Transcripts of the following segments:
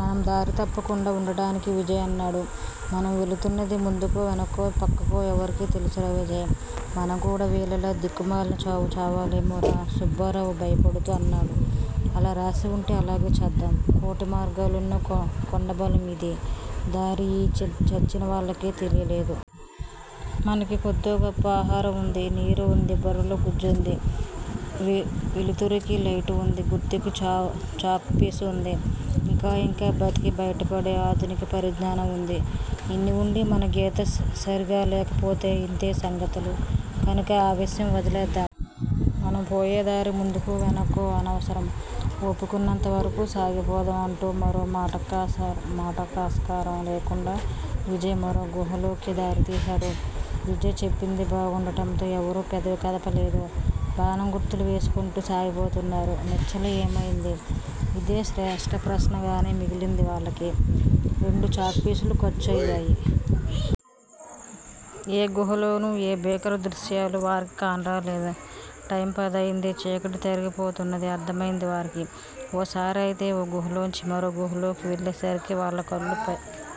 మనం దారి తప్పకుండా ఉండడానికి విజయ్ అన్నాడు మనం వెళుతున్నది ముందుకో, వెనక్కో, పక్కకో ఎవరికీ తెలుసురా విజయ్! మనం కూడా వీల్లలా దిక్కుమాలిన చావు చావాలేమోరా సుబ్బారావు భయపడుతూ అన్నాడు. అలా రాశి వుంటే అలాగే చద్దాం. కోటిమార్గాలున్న కొండబలం యిది. దారి ఈ చచ్చినవాళ్ళకే తెలియలేదు. మనకి కొద్దో గొప్పో ఆహారం వుంది. నీరు వుంది. బుర్రలో గుజ్జువుంది.వె వేలుతురుకి లైటు వుంది. గుర్తుకి చచాక్ పీసు వుంది. ఇంకా ఇంకా బతికి బయట పడే ఆదునిక పరిజ్ఞానం వుంది. ఇన్ని వుండి మన గీత సరీగలేకపోతె ఇంతే సంగతులు. కనుక ఆ విషయం వదిలేద్దాము. మనం పోయే దారి ముందుకో వెనక్కో అనవసరం, ఓపికున్నంతవరకూ సాగిపోదాం అంటూ మరో మాటకాసర మాటకాస్కారం లేకుండా విజయ్ మరో గుహాలోకి దారితీశారు. విజయ్ చెప్పిందే బాగుండటంతో ఎవరూ పెదవి కదపలేదు. బాణం గుర్తులు వేసుకుంటూ సాగిపోతున్నారు. నిశ్చల ఏమయింది? ఇదే శేష్టప్రశ్నగానే మిగిలింది వాళ్ళకి. రెండు చాక్ పీసులు ఖర్చు అయ్యాయి. ఏ గుహాలోనూ ఏ భీకరదృశ్యాలు వారికి కానరాలేదు. టైము పది అయింది. చీకటి తరిగిపోతున్నది అర్దమైంది వారికి. ఓసారి అయితే ఓ గుహలోంచి మరో గుహలోకి వెళ్ళేసరికి వాళ్ళ కళ్ళు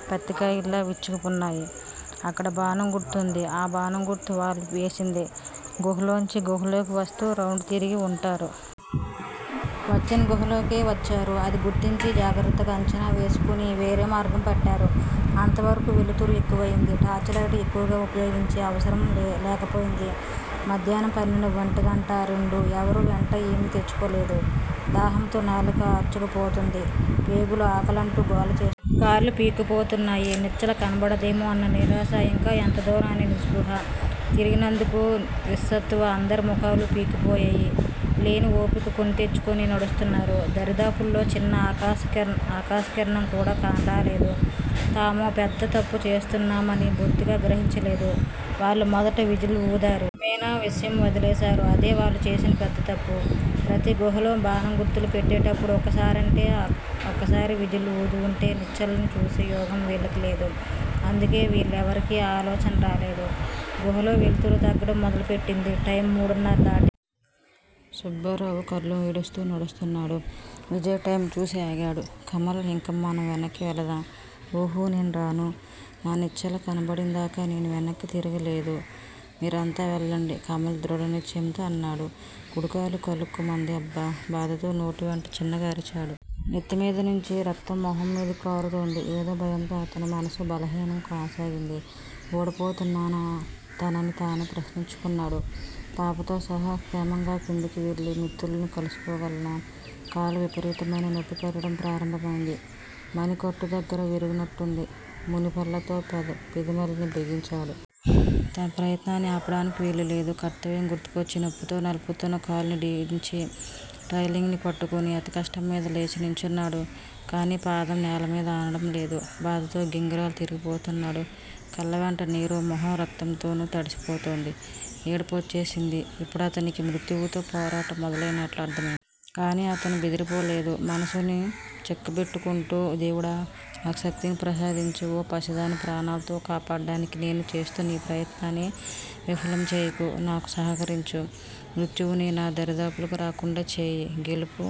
పత్తికయాల్లా విచ్చుకున్నాయి. అక్కడ బాణం గుర్తువుంది. ఆ బాణం గుర్తు వాళ్ళు. వేసిందే. గుహలోంచి గుహలోకి వస్తూ రౌండ్ తిరిగి వుంటారు. వచ్చిన గుహలోకే వచ్చారు. అది గుర్తించి జాగ్రత్తగా అంచనా వేసుకుని వేరే మార్గం పట్టారు. అంతవరకూ వెలుతురు ఎక్కువయింది. టార్చిలైటు ఎక్కువుగా వుపయోగించే అవసరం లే లేక పోయింది. మధ్యాహ్నం పన్నెండు. వంటిగంట. రెండు. ఎవరూ వెంట ఏమీ తెచ్చుకోలేదు దాహంతో నాలుక అర్చుకుపోతుంది. పేగులు ఆకలంటూ గోల చేస్తున్నాయి. కాళ్ళు పీక్కుపోతున్నాయి. నిశ్చల కనబడదేమో అన్న నిరాశ ఇంకా ఎంత దూరం అనే నిస్పృహా. తిరిగినందుకు విస్సత్తువ. అందరి ముఖాలు పీక్కుపోయాయి. లేని ఓపిక కొని తెచ్చుకుని నడుస్తున్నారు. దరిదాపుల్లో చిన్న ఆకాశకిరణ్ ఆకాశకిరణంకూడా కానరాలేదు. తాము పెద్ద తప్పు చేస్తున్నామని బొత్తిగా గ్రహించలేదు వాళ్ళు. మొదట విజిల్ వూదారు. క్రమేనా విషయం వదిలేశారు. అదే వాళ్ళు చేసిన పెద్ద తప్పు. ప్రతి గుహలో బాణం గుర్తులు పెట్టేటప్పుడు ఒక్కసారంటే అక్కసారి విజిల్ ఊదివుంటే నిశ్చలని చూసే యోగం వీళ్ళకి లేదు. అందుకే వీళ్ళెవరికీ ఆ ఆలోచన రాలేదు. గుహలో వెలుతురు తగ్గడం మొదలుపెట్టింది. టైము మూడున్నర దాటింది. సుబ్బారావు కళ్ళు ఈడుస్తూ నడుస్తున్నాడు. విజయ్ టైము చూసి ఆగాడు. కమల్! ఇంక మనం వెనక్కీ వెళదాం! ఊహూ నేనురాను. నా నిశ్చల కనబడిందాకా నేను వెనక్కీ తిరిగేలేదు. మీరంతా వెళ్ళండి కమల్ ధృడనిశ్చయంతో అన్నాడు. కుడికాలు కలుక్కుమంది. అబ్బా! బాధతో నోటివెంట చిన్నగా అరిచాడు. నెత్తిమీద నుంచి రక్తం మొహం మీదకి కారుతోంది. ఏదో భయంతో అతని మనసు బలహీనం కాసాగింది. ఓడిపోతున్నానా? తనని తానే ప్రశ్నించుకున్నాడు. పాపతో సహా క్షేమంగా కిందకి వెళ్ళి మిత్రులని కలుసుకోగలనా? కాలు విపరీతమైన నొప్పి పెట్టడం ప్రారంభమైంది. మణి కట్టుదగ్గర విరిగనట్టుంది. మునిపళ్ళతో పెద పెదిమల్ని బిగించాడు. తన ప్రయత్నాన్ని ఆపడానికి వీలులేదు. కర్తవ్యం గుర్తుకొచ్చి నొప్పితో నలుపుతున్న కాలుని డించి రైలింగ్స్ ని పట్టుకుని అతికష్టంమీద లేచి నించున్నాడు. కానీ పాదం నేలమీద ఆనడంలేదు. బాధతో గింగిరాలు తిరిగిపోతున్నాడు. కళ్ళవెంట నీరు, మొహం రక్తంతోనూ తడిసిపోతోంది. ఏడుపొచ్చేసింది. ఇప్పుడతనికి మృత్యువుతో పోరాటం మొదలైనట్లు అర్ధమైంది. కానీ అతను బెదిరిపోలేదు. మనసుని చిక్కబెట్టుకుంటూ దేవుడా! నాకు శక్తిని ప్రసాదించు ఓ పసిదాన్ని ప్రాణాలతో కాపాడ్డానికి నేను చేస్తున్నఈ ప్రయత్నాన్ని విఫలం చేయకు. నాకు సహకరించు, మృత్యువుని నా దరిదాపులకి రాకుండా చేయి. గెలుపు